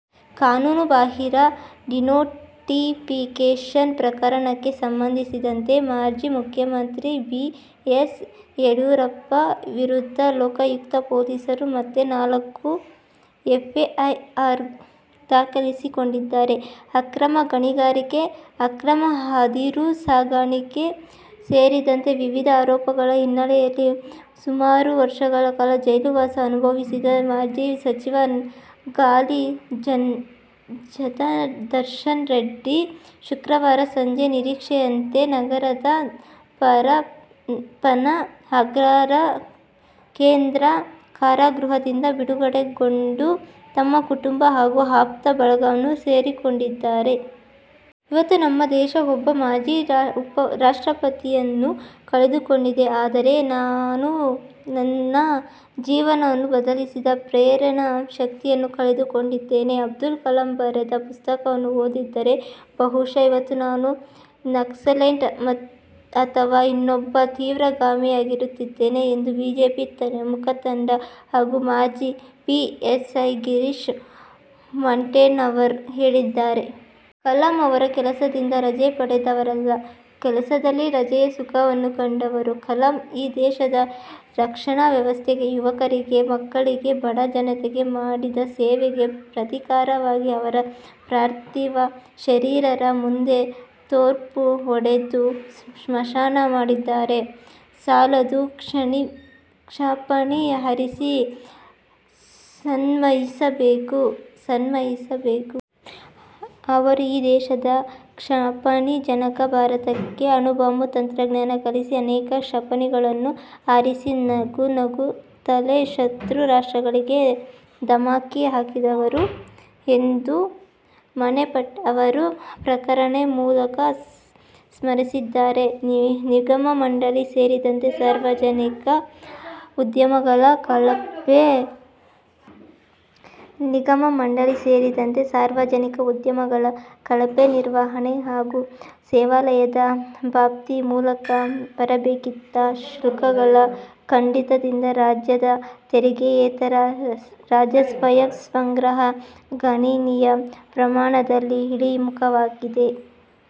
ಕಾನೂನುಬಾಹಿರ ಡಿನೋಟಿಫಿಕೇಷನ್ ಪ್ರಕರಣಕ್ಕೆ ಸಂಬಂಧಿಸಿದಂತೆ ಮಾಜಿ ಮುಖ್ಯಮಂತ್ರಿ ಬಿ. ಎಸ್. ಯಡಿಯೂರಪ್ಪ ವಿರುದ್ಧ ಲೋಕಾಯುಕ್ತ ಪೊಲೀಸರು ಮತ್ತೆ ನಾಲ್ಕು ಎಫ್ಐಆರ್ ದಾಖಲಿಸಿಕೊಂಡಿದ್ದಾರೆ. ಅಕ್ರಮ ಗಣಿಗಾರಿಕೆ, ಅಕ್ರಮ ಅದಿರು ಸಾಗಾಣೆ ಸೇರಿದಂತೆ ವಿವಿಧ ಆರೋಪಗಳ ಹಿನ್ನೆಲೆಯಲ್ಲಿ ಸುಮಾರು ವರ್ಷಗಳ ಕಾಲ ಜೈಲು ವಾಸ ಅನುಭವಿಸಿದ ಮಾಜಿ ಸಚಿವ ಗಾಲಿ ಜನಾರ್ದನ ರೆಡ್ಡಿ ಶುಕ್ರವಾರ ಸಂಜೆ ನಿರೀಕ್ಷೆಯಂತೆ ನಗರದ ಪರಪ್ಪನ ಆಗ್ರಹಾರ ಕೇಂದ್ರ ಕಾರಾಗೃಹದಿಂದ ಬಿಡುಗಡೆಗೊಂಡು ತಮ್ಮ ಕುಟುಂಬ ಹಾಗೂ ಆಪ್ತ ಬಳಗವನ್ನು ಸೇರಿಕೊಂಡಿದ್ದಾರೆ. "ಇವತ್ತು ನಮ್ಮ ದೇಶ ಒಬ್ಬ ಮಾಜಿ ರಾಷ್ಟ್ರಪತಿಯನ್ನು ಕಳೆದುಕೊಂಡಿದೆ. ಆದರೆ ನಾನು ನನ್ನ ಜೀವನವನ್ನು ಬದಲಿಸಿದ ಪ್ರೇರಣಾ ಶಕ್ತಿಯನ್ನು ಕಳೆದುಕೊಂಡಿದ್ದೇನೆ. ಅಬ್ದುಲ್ ಕಲಾಂ ಬರೆದ ಪುಸ್ತಕವನ್ನು ಓದದಿದ್ದರೆ ಬಹುಶಃ ಇವತ್ತು ನಾನು ನಕ್ಸಲೈಟ್ ಅಥವಾ ಇನ್ನೊಬ್ಬ ತೀವ್ರಗಾಮಿಯಾಗಿರುತ್ತಿದ್ದೆ' ಎಂದು ಬಿಜೆಪಿ ಮುಖಂಡ ಹಾಗೂ ಮಾಜಿ ಪಿಎಸ್ಐ ಗಿರೀಶ್ ಮಟ್ಟೆಣ್ಣವರ್ ಹೇಳಿದ್ದಾರೆ. ಕಲಾಂ ಅವರು ಕೆಲಸದಿಂದ ರಜೆ ಪಡೆದವರಲ್ಲ. ಕೆಲಸದಲ್ಲೇ ರಜೆಯ ಸುಖವನ್ನು ಕಂಡವರು. ಕಲಾಂ ಈ ದೇಶದ ರಕ್ಷಣಾ ವ್ಯವಸ್ಥೆಗೆ, ಯುವಕರಿಗೆ, ಮಕ್ಕಳಿಗೆ, ಬಡ ಜನತೆಗೆ ಮಾಡಿದ ಸೇವೆಗೆ ಪ್ರತೀಕವಾಗಿ ಅವರ ಪಾರ್ಥಿವ ಶರೀರದ ಮುಂದೆ ತೋಪು ಹೊಡೆದು ಸನ್ಮಾನ ಮಾಡಿದರೆ ಸಾಲದು. ಕ್ಷಿಪಣಿ ಹಾರಿಸಿ ಸನ್ಮಾನಿಸಬೇಕು. ಅವರು ಈ ದೇಶದ ಕ್ಷಿಪಣಿ ಜನಕ. ಭಾರತಕ್ಕೆ ಅಣುಬಾಂಬ್ ತಂತ್ರಜ್ಞಾನ ಕಲಿಸಿ, ಅನೇಕ ಕ್ಷಿಪಣಿಗಳನ್ನು ಹಾರಿಸಿ ನಗುನಗು ನಗುತ್ತಲೇ ಶತ್ರು ರಾಷ್ಟ್ರಗಳಿಗೆ ಧಮಕಿ ಹಾಕಿದವರು ಎಂದು ಮಟ್ಟೆಣ್ಣವರ್ ಪ್ರಕಟಣೆ ಮೂಲಕ ಸ್ಮರಿಸಿದ್ದಾರೆ. ನಿಗಮ-ಮಂಡಳಿ ಸೇರಿದಂತೆ ಸಾರ್ವಜನಿಕ ಉದ್ಯಮಗಳ ಕಳಪೆ ನಿರ್ವಹಣೆ ಹಾಗೂ ಸೇವಾವಲಯದ ಬಾಬ್ತಿನ ಮೂಲಕ ಬರಬೇಕಿದ್ದ ಶುಲ್ಕಗಳ ಕಡಿತದಿಂದ ರಾಜ್ಯದ ತೆರಿಗೆಯೇತರ ರಾಜಸ್ವ ಸಂಗ್ರಹ ಗಣನೀಯ ಪ್ರಮಾಣದಲ್ಲಿ ಇಳಿಮುಖವಾಗಿದೆ.